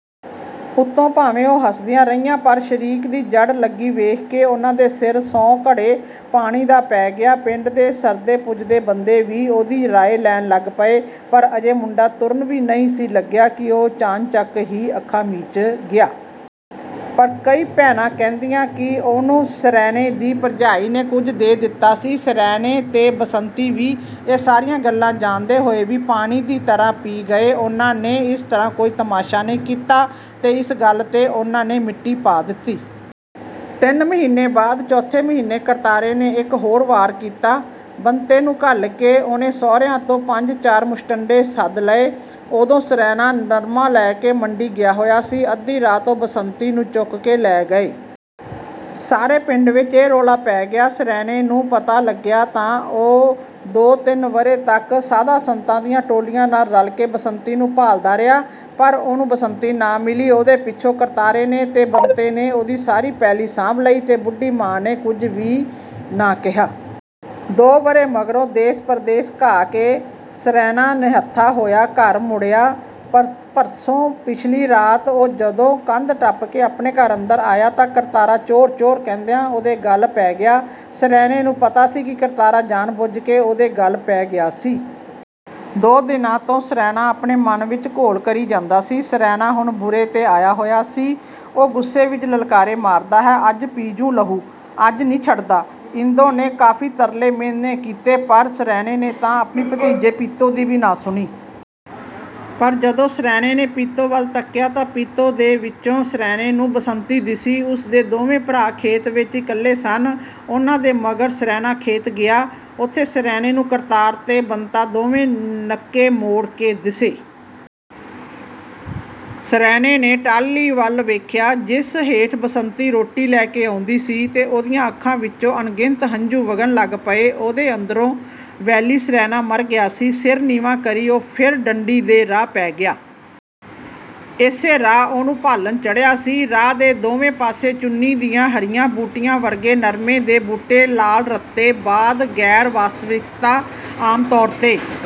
ਉਤੋਂ ਭਾਵੇਂ ਉਹ ਹੱਸਦੀਆਂ ਰਹੀਆਂ, ਪਰ ਸ਼ਰੀਕ ਦੀ ਜੜ੍ਹ ਲੱਗੀ ਵੇਖ ਕੇ ਉਹਨਾਂ ਦੇ ਸਿਰ ਸੌ ਘੜੇ ਪਾਣੀ ਦਾ ਪੈ ਗਿਆ। ਪਿੰਡ ਦੇ ਸਰਦੇ-ਪੁੱਜਦੇ ਬੰਦੇ ਵੀ ਉਹਦੀ ਰਾਏ ਲੈਣ ਲੱਗ ਪਏ। ਪਰ ਅਜੇ ਮੁੰਡਾ ਤੁਰਨ ਵੀ ਨਹੀਂ ਸੀ ਲੱਗਿਆ ਕਿ ਉਹ ਚਾਣਚੱਕ ਹੀ ਅੱਖਾਂ ਮੀਚ ਗਿਆ। ਪਰ ਕਈ ਭੈਣਾਂ ਕਹਿੰਦੀਆਂ ਕਿ ਉਹਨੂੰ ਸਰੈਣੇ ਦੀ ਭਰਜਾਈ ਨੇ ਕੁਝ ਦੇ ਦਿੱਤਾ ਸੀ। ਸਰੈਣਾ ਤੇ ਬਸੰਤੀ ਵੀ ਇਹ ਸਾਰੀਆਂ ਗੱਲਾਂ ਜਾਣਦੇ ਹੋਏ ਵੀ ਪਾਣੀ ਦੀ ਤਰ੍ਹਾਂ ਪੀ ਗਏ। ਉਹਨਾਂ ਨੇ ਇਸ ਤਰ੍ਹਾਂ ਕੋਈ ਤਮਾਸ਼ਾ ਨਹੀਂ ਕੀਤਾ ਤੇ ਇਸ ਗੱਲ ਤੇ ਉਹਨਾਂ ਨੇ ਮਿੱਟੀ ਪਾ ਦਿੱਤੀ। ਤਿੰਨ ਮਹੀਨੇ ਬਾਅਦ, ਚੌਥੇ ਮਹੀਨੇ ਕਰਤਾਰੇ ਨੇ ਇੱਕ ਹੋਰ ਵਾਰ ਕੀਤਾ। ਬੰਤੇ ਨੂੰ ਘੱਲ ਕੇ ਉਹਨੇ ਸਹੁਰਿਆਂ ਤੋਂ ਪੰਜ-ਚਾਰ ਮੁਸ਼ਟੰਡੇ ਸੱਦ ਲਏ। ਉਦੋਂ ਸਰੈਣਾ ਨਰਮਾ ਲੈ ਕੇ ਮੰਡੀ ਗਿਆ ਹੋਇਆ ਸੀ। ਅੱਧੀ ਰਾਤ ਉਹ ਬਸੰਤੀ ਨੂੰ ਚੁੱਕ ਕੇ ਲੈ ਗਏ। ਸਾਰੇ ਪਿੰਡ ਵਿੱਚ ਇਹ ਰੌਲਾ ਪੈ ਗਿਆ। ਸਰੈਣੇ ਨੂੰ ਪਤਾ ਲੱਗਿਆ, ਤਾਂ ਉਹ ਦੋ-ਤਿੰਨ ਵਰ੍ਹੇ ਤੱਕ ਸਾਧਾਂ-ਸੰਤਾਂ ਦੀਆਂ ਟੋਲੀਆਂ ਨਾਲ ਰਲ ਕੇ ਬਸੰਤੀ ਨੂੰ ਭਾਲਦਾ ਰਿਹਾ। ਪਰ ਉਸਨੂੰ ਬਸੰਤੀ ਨਾ ਮਿਲੀ। ਉਹਦੇ ਪਿੱਛੋਂ ਕਰਤਾਰੇ ਨੇ ਤੇ ਬੰਤੇ ਨੇ ਉਹਦੀ ਸਾਰੀ ਪੈਲੀ ਸਾਂਭ ਲਈ ਤੇ ਬੁੱਢੀ ਮਾਂ ਨੇ ਵੀ ਕੁਝ ਵੀ ਨਾ ਕਿਹਾ। ਦੋ ਵਰ੍ਹੇ ਮਗਰੋਂ ਦੇਸ਼-ਪਰਦੇਸ ਘਾਹ ਕੇ ਸਰੈਣਾ ਨਿਹੱਥਾ ਹੋਇਆ ਘਰ ਮੁੜਿਆ। ਭਰਸੋਂ ਪਿਛਲੀ ਰਾਤ ਉਹ ਜਦੋਂ ਕੰਧ ਟੱਪ ਕੇ ਆਪਣੇ ਘਰ ਅੰਦਰ ਆਇਆ ਤਾਂ ਕਰਤਾਰਾ 'ਚੋਰ-ਚੋਰ' ਕਹਿੰਦਿਆਂ ਉਹਦੇ ਗੱਲ ਪੈ ਗਿਆ। ਸਰੈਣੇ ਨੂੰ ਪਤਾ ਸੀ ਕਿ ਕਰਤਾਰਾ ਜਾਣ-ਬੁੱਝ ਕੇ ਉਹਦੇ ਗੱਲ ਪੈ ਗਿਆ ਸੀ। ਦੋ ਦਿਨਾਂ ਤੋਂ ਸਰੈਣਾ ਆਪਣੇ ਮਨ ਵਿੱਚ ਘੋਲ ਕਰੀ ਜਾਂਦਾ ਸੀ। ਸਰੈਣਾ ਹੁਣ ਬੁਰੇ ਤੇ ਆਇਆ ਹੋਇਆ ਸੀ। ਉਹ ਗੁੱਸੇ ਵਿੱਚ ਲਲਕਾਰੇ ਮਾਰਦਾ ਹੈ, 'ਅੱਜ ਪੀ-ਜੂੰ ਲਹੂ, ਅੱਜ ਨ੍ਹੀਂ ਛੱਡਦਾ।' ਇੰਦੋ ਨੇ ਕਾਫ਼ੀ ਤਰਲੇ-ਮਿਹਣੇ ਕੀਤੇ, ਪਰ ਸਰੈਣੇ ਨੇ ਤਾਂ ਆਪਣੀ ਭਤੀਜੀ ਪੀਤੋ ਦੀ ਵੀ ਨਾ ਸੁਣੀ। ਪਰ ਜਦੋਂ ਸਰੈਣੇ ਨੇ ਪੀਤੋ ਵੱਲ ਤੱਕਿਆ ਤਾਂ ਪੀਤੋ ਦੇ ਵਿੱਚੋਂ ਸਰੈਣੇ ਨੂੰ ਬਸੰਤੀ ਦਿਸੀ। ਉਸਦੇ ਦੋਵੇਂ ਭਰਾ ਖੇਤ ਵਿੱਚ ਇਕੱਲੇ ਸਨ। ਉਹਨਾਂ ਦੇ ਮਗਰ ਸਰੈਣਾ ਖੇਤ ਗਿਆ। ਉੱਥੇ ਸਰੈਣੇ ਨੂੰ ਕਰਤਾਰ ਤੇ ਬੰਤਾ ਦੋਵੇਂ ਨੱਕੇ ਮੋੜ ਕੇ ਦਿੱਸੇ। ਸਰੈਣੇ ਨੇ ਟਾਹਲੀ ਵੱਲ ਵੇਖਿਆ, ਜਿਸ ਹੇਠ ਬਸੰਤੀ ਰੋਟੀ ਲੈ ਕੇ ਆਉਂਦੀ ਸੀ। ਤੇ ਉਹਦੀਆਂ ਅੱਖਾਂ ਵਿੱਚੋਂ ਅਣਗਿਣਤ ਹੰਝੂ ਵਗਣ ਲੱਗ ਪਏ। ਉਹਦੇ ਅੰਦਰੋਂ ਵੈਲੀ ਸਰੈਣਾ ਮਰ ਗਿਆ ਸੀ। ਸਿਰ ਨੀਵਾਂ ਕਰੀ ਉਹ ਫਿਰ ਡੰਡੀ ਦੇ ਰਾਹ ਪੈ ਗਿਆ। ਇਸੇ ਰਾਹ ਉਹਨੂੰ ਭਾਲਣ ਚੜ੍ਹਿਆ ਸੀ। ਰਾਹ ਦੇ ਦੋਵੇਂ ਪਾਸੇ ਚੁੰਨੀ ਦੀਆਂ ਹਰੀਆਂ ਬੂਟੀਆਂ ਵਰਗੇ ਨਰਮੇ ਦੇ ਬੂਟੇ ਲਾਲ-ਰੱਤੇ। ਬਾਦ, ਗੈਰ-ਵਾਸਤਵਿਕਤਾ, ਆਮਤੌਰ ਤੇ